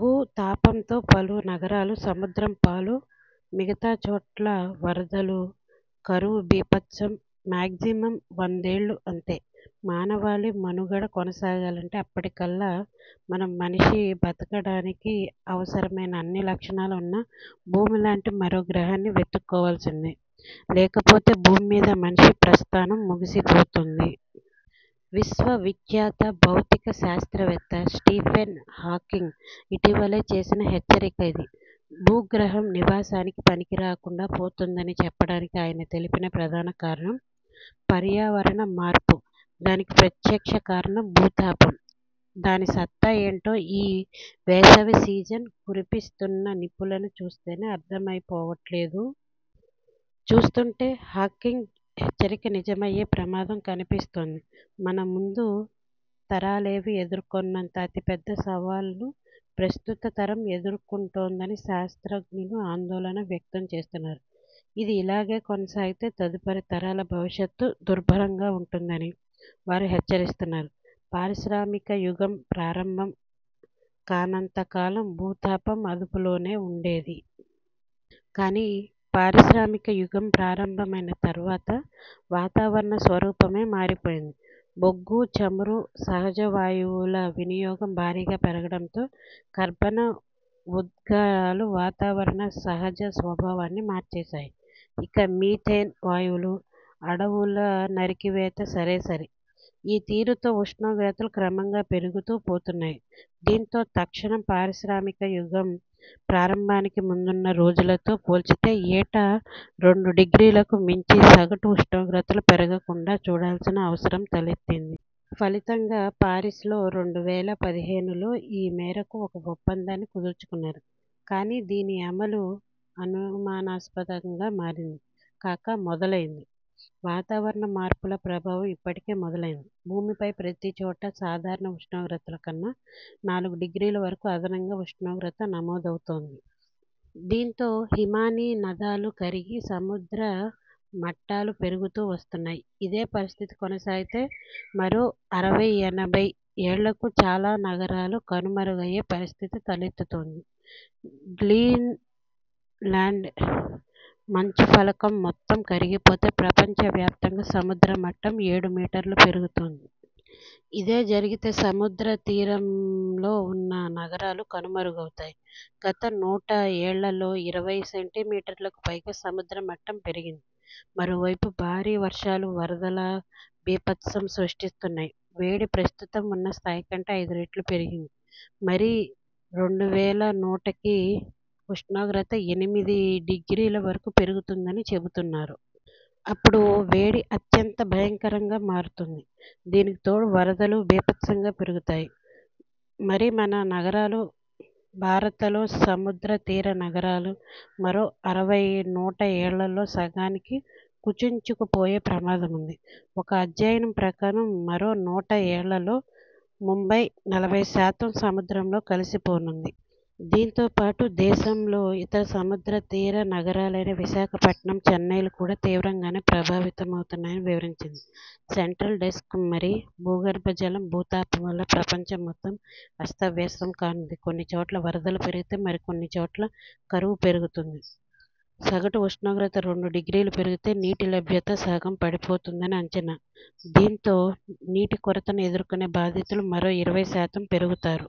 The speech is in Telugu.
భూతాపంతో పలు నగరాలు సముద్రంపాలు మిగతా చోట్ల వరదలు కరవు బీభత్సం మాగ్జిమం వందేళ్లు అంతే! మానవాళి మనుగడ కొనసాగాలంటే అప్పటికల్లా మనం మనిషి బతకడానికి అవసరమైన అన్ని లక్షణాలూ ఉన్న భూమిలాంటి మరో గ్రహాన్ని వెతుక్కోవాల్సిందే! లేకపోతే భూమ్మీద మనిషి ప్రస్థానం ముగిసిపోతుంది. విశ్వ విఖ్యాత భౌతిక శాస్త్రవేత్త స్టీఫెన్ హాకింగ్ ఇటీవలే చేసిన హెచ్చరిక ఇది. భూగ్రహం నివాసానికి పనికిరాకుండా పోతుందని చెప్పడానికి ఆయన తెలిపిన ప్రధాన కారణం. పర్యావరణ మార్పు దానికి ప్రత్యక్ష కారణం భూతాపం. దాని సత్తా ఏంటో ఈ వేసవి సీజన్ కురిపిస్తున్న నిప్పులను చూస్తేనే అర్థమైపోవట్లేదూ? చూస్తుంటే హాకింగ్ హెచ్చరిక నిజమయ్యే ప్రమాదం కనిపిస్తోంది. మన ముందు తరాలేవీ ఎదుర్కోనంత అతిపెద్ద సవాల్ను ప్రస్తుత తరం ఎదుర్కొంటోందని శాస్త్రజ్ఞులు ఆందోళన వ్యక్తం చేస్తున్నారు. ఇది ఇలాగే కొనసాగితే తదుపరి తరాల భవిష్యత్తు దుర్భరంగా ఉంటుందని వారు హెచ్చరిస్తున్నారు. పారిశ్రామిక యుగం ప్రారంభం కానంతకాలం భూతాపం అదుపులోనే ఉండేది. కానీ పారిశామ్రిక యుగం ప్రారంభమైన తర్వాత వాతావరణ స్వరూపమే మారిపోయింది. బొగ్గు, చమురు, సహజవాయువుల వినియోగం భారీగా పెరగడంతో కర్బన ఉద్గారాలు వాతావరణ సహజ స్వభావాన్ని మార్చేశాయి. ఇక మీథేన్ వాయువులు, అడవుల నరికివేత సరేసరి. ఈ తీరుతో ఉష్ణోగ్రతలు క్రమంగా పెరుగుతూ పోతున్నాయి. దీంతో తక్షణం పారిశ్రామిక యుగం ప్రారంభానికి ముందున్న రోజులతో పోల్చితే ఏటా రెండు డిగ్రీలకు మించి సగటు ఉష్ణోగ్రతలు పెరగకుండా చూడాల్సిన అవసరం తలెత్తింది. ఫలితంగా పారిస్ లో రెండు వేల పదిహేనులో ఈ మేరకు ఒక గొప్పందాన్ని కుదుర్చుకున్నారు. కానీ దీని అమలూ అనుమానాస్పదంగా మారింది. కాక మొదలైంది.! వాతావరణ మార్పుల ప్రభావం ఇప్పటికే మొదలైంది. భూమిపై ప్రతి చోటా సాధారణ ఉష్ణోగ్రతలకన్నా నాలుగు డిగ్రీల వరకు అదనంగా ఉష్ణోగ్రత నమోదవుతోంది. దీంతో హిమానీ నదాలు కరిగి సముద్ర మట్టాలు పెరుగుతూ వస్తున్నాయి. ఇదే పరిస్థితి కొనసాగితే మరో అరవై ఎనభై ఏళ్లకు చాలా నగరాలు కనుమరుగయ్యే పరిస్థితి తలెత్తుతుంది. గ్లీన్ లాండ్ మంచు ఫలకం మొత్తం కరిగిపోతే ప్రపంచ వ్యాప్తం గా సముద్ర మట్టం ఏడు మీటర్లు పెరుగుతుంది. ఇదే జరిగితే సముద్ర తీరంలో ఉన్న నగరాలు కనుమరుగవుతాయి. గత నూట ఏళ్లలో ఇరవై సెంటీమీటర్లకు పైగా సముద్ర మట్టం పెరిగింది. మరోవైపు భారీ వర్షాలు వరదల బీభత్సం సృష్టిస్తున్నాయి. వేడి ప్రస్తుతం ఉన్న స్థాయికంటే ఐదు రెట్లు పెరిగింది. మరి రెండు వేల నూటకి ఉష్ణోగ్రత ఎనిమిది డిగ్రీల వరకూ పెరుగుతుందని చెబుతున్నారు. అప్పుడు వేడి అత్యంత భయంకరంగా మారుతుంది. దీనికి తోడు వరదలూ బీభత్సంగా పెరుగుతాయి. మరి మన నగరాలు భారతలో సముద్ర తీర నగరాలు మరో అరవై నూట ఏళ్లలో సగానికి కుచించుకుపోయే ప్రమాదముంది. ఒక అధ్యయనం ప్రకారం మరో నూట ఏళ్లలో ముంబై నలభై శాతం సముద్రంలో కలిసిపోనుంది. దీంతో పాటు దేశంలో ఇతర సముద్ర తీర నగరాలైన విశాఖపట్నం, చెన్నైలు కూడా తీవ్రంగానే ప్రభావితమవుతున్నాయని వివరించింది. సెంట్రల్ డెస్క్ మరి భూగర్భజలం భూతాపం వల్ల ప్రపంచం మొత్తం అస్తవ్యస్తం కానుంది. కొన్ని చోట్ల వరదలు పెరిగితే మరికొన్ని చోట్ల కరువు పెరుగుతుంది. సగటు ఉష్ణోగ్రత రెండు డిగ్రీలు పెరిగితే నీటి లభ్యత సగం పడిపోతుందని అంచనా. దీంతో నీటి కొరతను ఎదుర్కొనే బాధితులు మరో ఇరవై శాతం పెరుగుతారు.